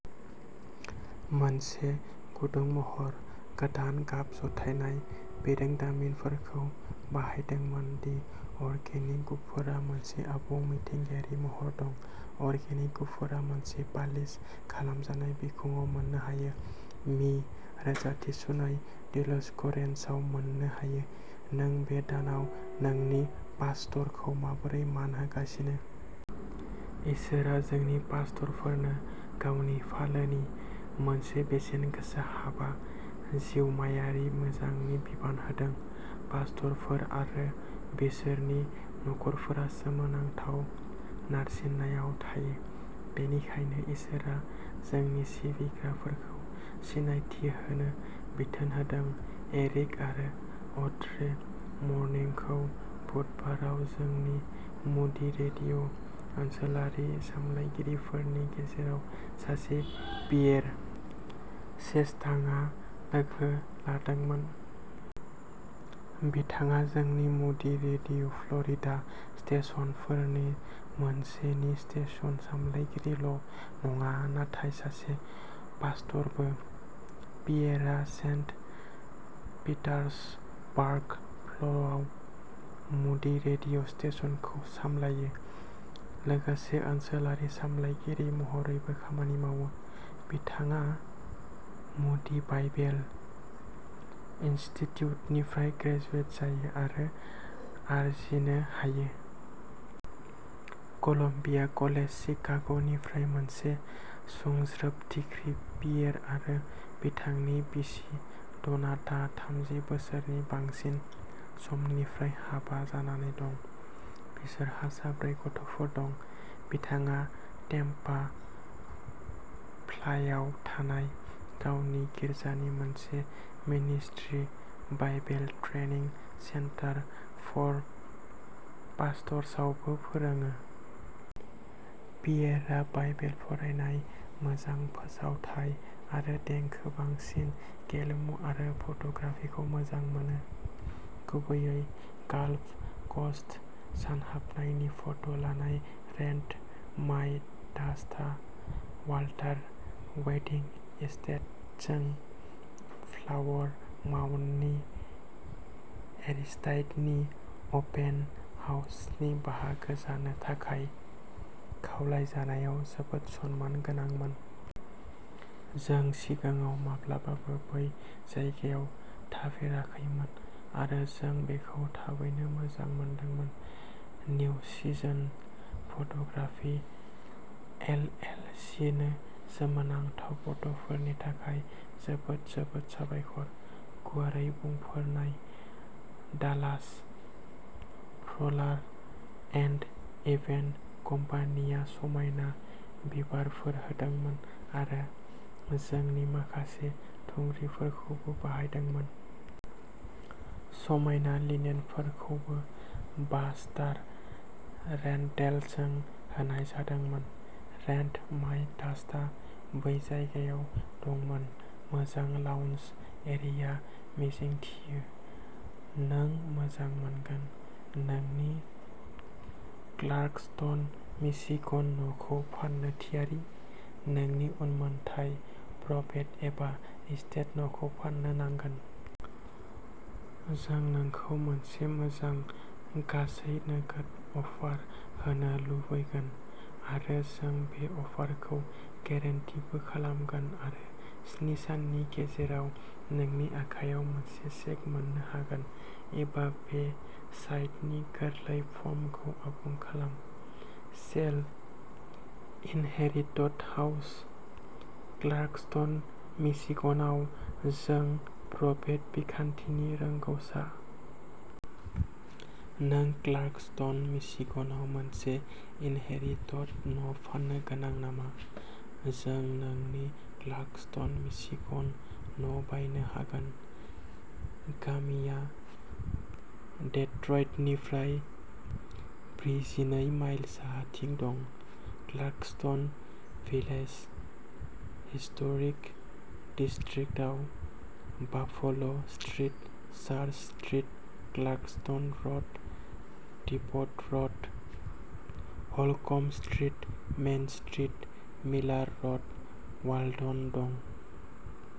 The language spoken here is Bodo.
मोनसे गुदुं महर। गोदान गाब जथायनाय बिरोंदामिनफोरखौ बाहायदोंमोन दि अर्गेनिक गुफुरआ मोनसे आबुं मिथिंगायारि महर दं। अर्गेनिक गुफुरआ मोनसे पालिश खालामजानाय बिखंआव मोननो हायो। मि रोजाथि सुनाय डिलक्स रेन्जआव मोननो हायो। नों बे दानाव नोंनि पास्टरखौ माबोरै मान होगासिनो? इसोरआ जोंनि पास्टरफोरनो गावनि फालोनि मोनसे बेसेनगोसा हाबा जिउमायारि मोजांनि बिबान होदों। पास्टरफोर आरो बिसोरनि नखरफोरा सोमोनांथाव नारसिननायाव थायो। बेनिखायनो इसोरआ जोंनि सिबिग्राफोरखौ सिनायथि होनो बिथोन होदों। एरिक आरो अड्रे मर्निंखौ बुधबाराव जोंनि मुडी रेडिय' ओनसोलारि सामलायगिरिफोरनि गेजेराव सासे पियेर चेस्टांआ लोगो लादोंमोन। बिथाङा जोंनि मुडी रेडिय'फ्ल'रिडा स्टेशनफोरनि मोनसेनि स्टेशन सामलायगिरिल' नङा, नाथाय सासे पास्टरबो। पियेरआ सेन्ट पिटार्सबार्ग फ्ल'आव मुडी रेडिय' स्टेशनखौ सामलायो, लोगोसे ओनसोलारि सामलायगिरि महरैबो खामानि मावो। बिथाङा मुडी बाइबेल इनस्टिट्युटनिफ्राय ग्रेजुवेट जायो आरो आरजिनो हायो। कलम्बिया कलेज शिकाग'निफ्राय मोनसे सुंज्रोब डिग्री पियेर आरो बिथांनि बिसि डनाटा थामजि बोसोरनि बांसिन समनिफ्राय हाबा जानानै दं, बिसोरहा साब्रै गथ'फोर दं। बिथाङा टेम्पा फ्लायाव थानाय गावनि गिर्जानि मोनसे ministry, Bible training centre for पास्टर्सआवबो फोरोङो। पियेरआ बाइबेल फरायनाय, मोजां फोसावथाइ आरो देंखो, बांसिन गेलेमु आरो फट'ग्राफिखौ मोजां मोनो गुबैयै गाल्फ क'स्ट सानहाबनायनि फट' लानाय रेन्ट माइ डास्टआ वाल्टार वेडिंग एस्टेटजों फ्लावर माउन्डनि एरिस्टाइडनि अपेन हाउसनि बाहागो जानो थाखाय खावलायजानायाव जोबोद सनमानगोनांमोन। जों सिगाङाव माब्लाबाबो बै जायगायाव थाफेराखैमोन आरो जों बेखौ थाबैनो मोजां मोनदोंमोन। New Seasons photography L L C नो सोमोनांथाव फट'फोरनि थाखाय जोबोद जोबोद साबायखर। गुवारै बुंफोरनाय डालास फ्ल'राल एन्ड इभेन्ट कम्पानिया समायना बिबारफोर होदोंमोन आरो जोंनि माखासे थुंग्रिफोरखौबो बाहायदोंमोन। समायना लिनेनफोरखौ बा स्टार रेन्टेलजों होनाय जादोंमोन। रेन्ट माइ डास्टआ बै जायगायाव दंमोन। मोजां लाउन्ज एरिया मिजिंथियो नों मोजां मोनगोन! नोंनि क्लार्कस्टन मिशिगन न'खौ फान्नो थियारि? नोंनि उनमोनथाइ प्रबेट एबा एस्टेट न'खौ फान्नो नांगोन। जों नोंखौ मोनसे मोजां गासै नोगोद अफार होनो लुबैगोन। आरो जों बे अफारखौ गेरेन्टीबो खालामगोन आरो स्नि साननि गेजेराव नोंनि आखायाव मोनसे चेक मोन्नो हागोन। एबा बे साइटनि गोरलै फर्मखौ आबुं खालाम। सेल इनहेरिटड हाउस क्लार्कस्टन मिशिगनआव जों प्रबेट बिखान्थिनि रोंग'सा। नों क्लार्कस्टन मिशिगनआव मोनसे इनहेरिटड न' फान्नो गोनां नामा? जों नोंनि क्लार्कस्टन मिशिगन न' बायनो हागोन। गामिया डेट्रइटनिफ्राय ब्रिजिनै माइल साहाथिं दं। क्लार्कस्टन भिलेज हिस्टोरिक डिस्ट्रिक्टआव Buffalo Street, Church Street, Clarkston Road, Depot Road, Holcomb Street, Main Street, Miller Road, Walden दं।